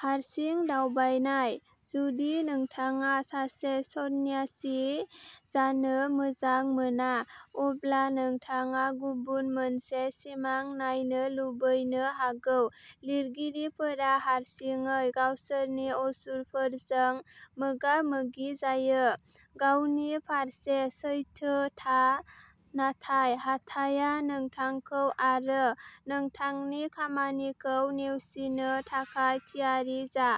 हारसिं दावबायनाय, जुदि नोंथाङा सासे सन्यासि जानो मोजां मोना, अब्ला नोंथाङा गुबुन मोनसे सिमां नायनो लुबैनो हागौ। लिरगिरिफोरा हारसिङै गावसोरनि असुरफोरजों मोगा-मोगि जायो। गावनि फारसे सैथो था, नाथाय हाथाइआ नोंथांखौ आरो नोंथांनि खामानिखौ नेवसिनो थाखाय थियारि जा।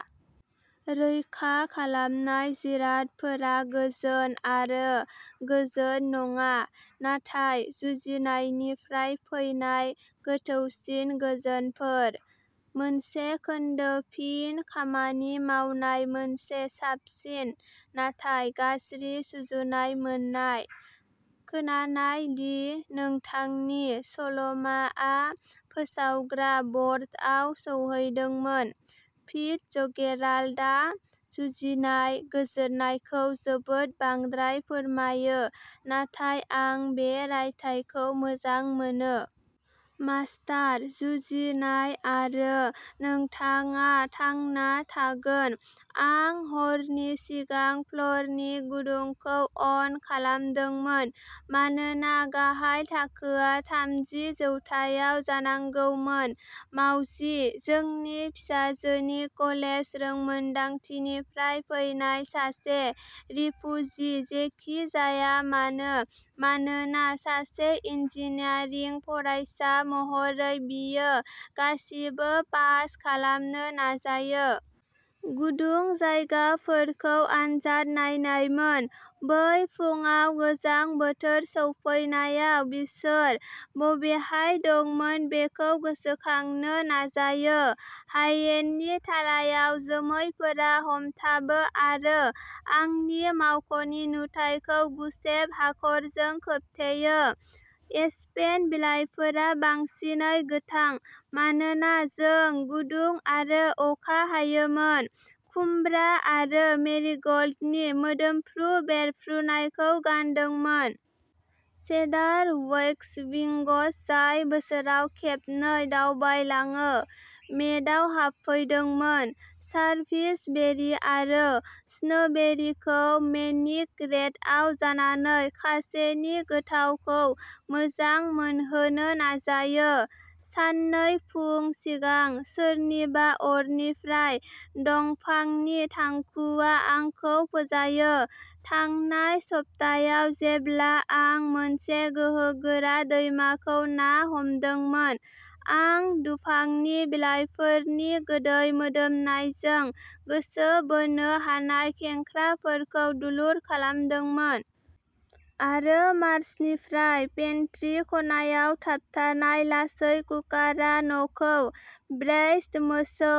रैखा खालामनाय जिरादफोरा गोजोन आरो गोजोन नङा, नाथाय जुजिनायनिफ्राय फैनाय गोथौसिन गोजोनफोर। मोनसे खोन्दो फिन खामानि मावनाय मोनसे साबसिन नाथाय गाज्रि सुजुनाय मोन्नाय। खोनानाय दि नोंथांनि सल'माआ फोसावग्रा बर्डआव सौहैदोंमोन। फिट्जगेराल्डआ जुजिनाय गोजोननायखौ जोबोद बांद्राय फोरमायो, नाथाय आं बे रायथाइखौ मोजां मोनो। मास्टार "जुजिनाय", आरो नोंथाङा थांना थागोन। आं हरनि सिगां फ्ल'रनि गुदुंखौ अन खालामदोंमोन मानोना गाहाय थाखोआ थामजि जौथाइयाव जानांगौमोन। मावजि, जोंनि फिसाजोनि "कलेज रोंमोनदांथि" निफ्राय फैनाय सासे रिफुजि जेखि जाया मानो, मानोना सासे इन्जिनियारिं फरायसा महरै, बियो गासिबो पास खालामनो नाजायो। गुदुं जायगाफोरखौ आनजाद नायनायमोन। बै फुंआव गोजां बोथोर सौफैनायाव बिसोर बबेहाय दंमोन बेखौ गोसोखांनो नाजायो। हायेननि थालायाव जोमैफोरा हमथाबो आरो आंनि मावख'नि नुथाइखौ गुसेब हाखरजों खोबथेयो। एस्पेन बिलाइफोरा बांसिनै गोथां मानोना जों गुदुं आरो अखा हायोमोन, खुमब्रा आरो मेरिग'ल्डनि मोदोमफ्रु बेरफ्रुनायखौ गानदोंमोन। सेडार वैक्सविंग्स, जाय बोसोराव खेबनै दावबायलाङो, मेदाव हाबफैदोंमोन, सारभिसबेरी आरो स्नोबेरीखौ मेनिक रेटआव जानानै, खासेनि गोथावखौ मोजां मोनहोनो नाजायो। साननै फुं सिगां, सोरनिबा अरनिफ्राय दंफांनि थांखुआ आंखौ फोजायो। थांनाय सप्तायाव जेब्ला आं मोनसे गोहोगोरा दैमाखौ ना हमदोंमोन, आं दुफांनि बिलाइफोरनि गोदै मोदोमनायजों गोसो बोनो हानाय खेंख्राफोरखौ दुलुर खालामदोंमोन। आरो मार्चनिफ्राय पेन्ट्री खनायाव थाबथानाय लासै कुकारा न'खौ ब्रेइज्ड मोसौ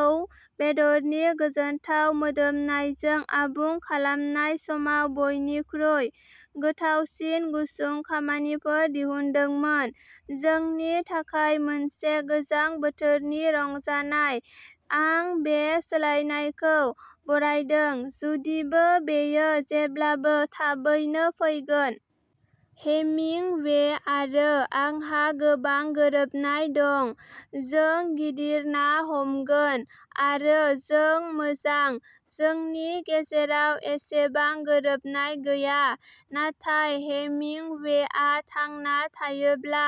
बेदरनि गोजोनथाव मोदोमनायजों आबुं खालामनाय समाव बयनिख्रुइ गोथावसिन गुसुं खामिफोर दिहुनदोंमोन। जोंनि थाखाय मोनसे गोजां बोथोरनि रंजानाय। आं बे सोलायनायखौ बरायदों, जुदिबो बेयो जेब्लाबो थाबैनो फैगोन। हेमिंवे आरो आंहा गोबां गोरोबनाय दं, जों गिदिर ना हमगोन। आरो जों मोजां, जोंनि गेजेराव एसेबां गोरोबनाय गैया। नाथाय हेमिंवेआ थांना थायोब्ला,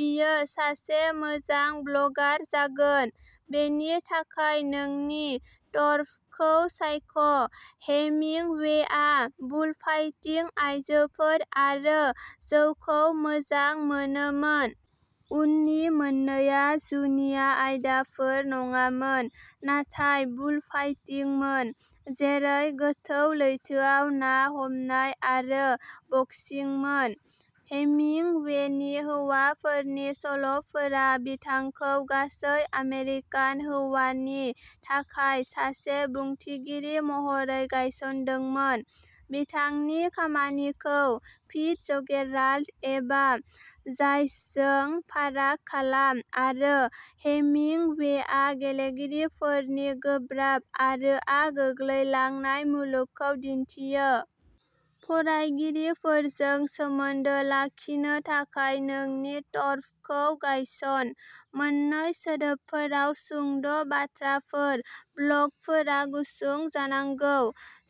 बियो सासे मोजां ब्लगार जागोन। बेनि थाखाय नोंनि टर्फखौ सायख'। हेमिंवेआ बुलफाइटिं, आयजोफोर आरो जौखौ मोजां मोनोमोन। उननि मोन्नैआ जुनिया आयदाफोर नङामोन, नाथाय बुलफाइटिंमोन। जेरै गोथौ लैथोआव ना हमनाय आरो बक्सिंमोन। हेमिंवेनि हौवाफोरनि सल'फोरा बिथांखौ गासै आमेरिकान हौवानि थाखाय सासे बुंथिगिरि महरै गायसनदोंमोन। बिथांनि खामानिखौ फिट्जगेराल्ड एबा जायस जों फाराग खालाम, आरो हेमिंवेआ गेलेगिरिफोरनि गोब्राब आरोआ गोग्लैलांनाय मुलुगखौ दिन्थियो। फरायगिरिफोरजों सोमोन्दो लाखिनो थाखाय नोंनि टर्फखौ गायसन। मोननै सोदोबफोराव सुंद' बाथ्राफोर, ब्लगफोरा गुसुं जानांगौ।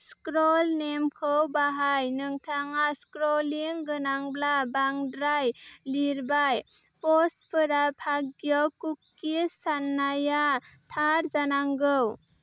"स्क्रल नेम" खौ बाहाय। नोंथाङा स्क्रलिं गोनांब्ला बांद्राय लिरबाय। पस्टफोरा भाग्य कुकिस, साननाया थार जानांगौ।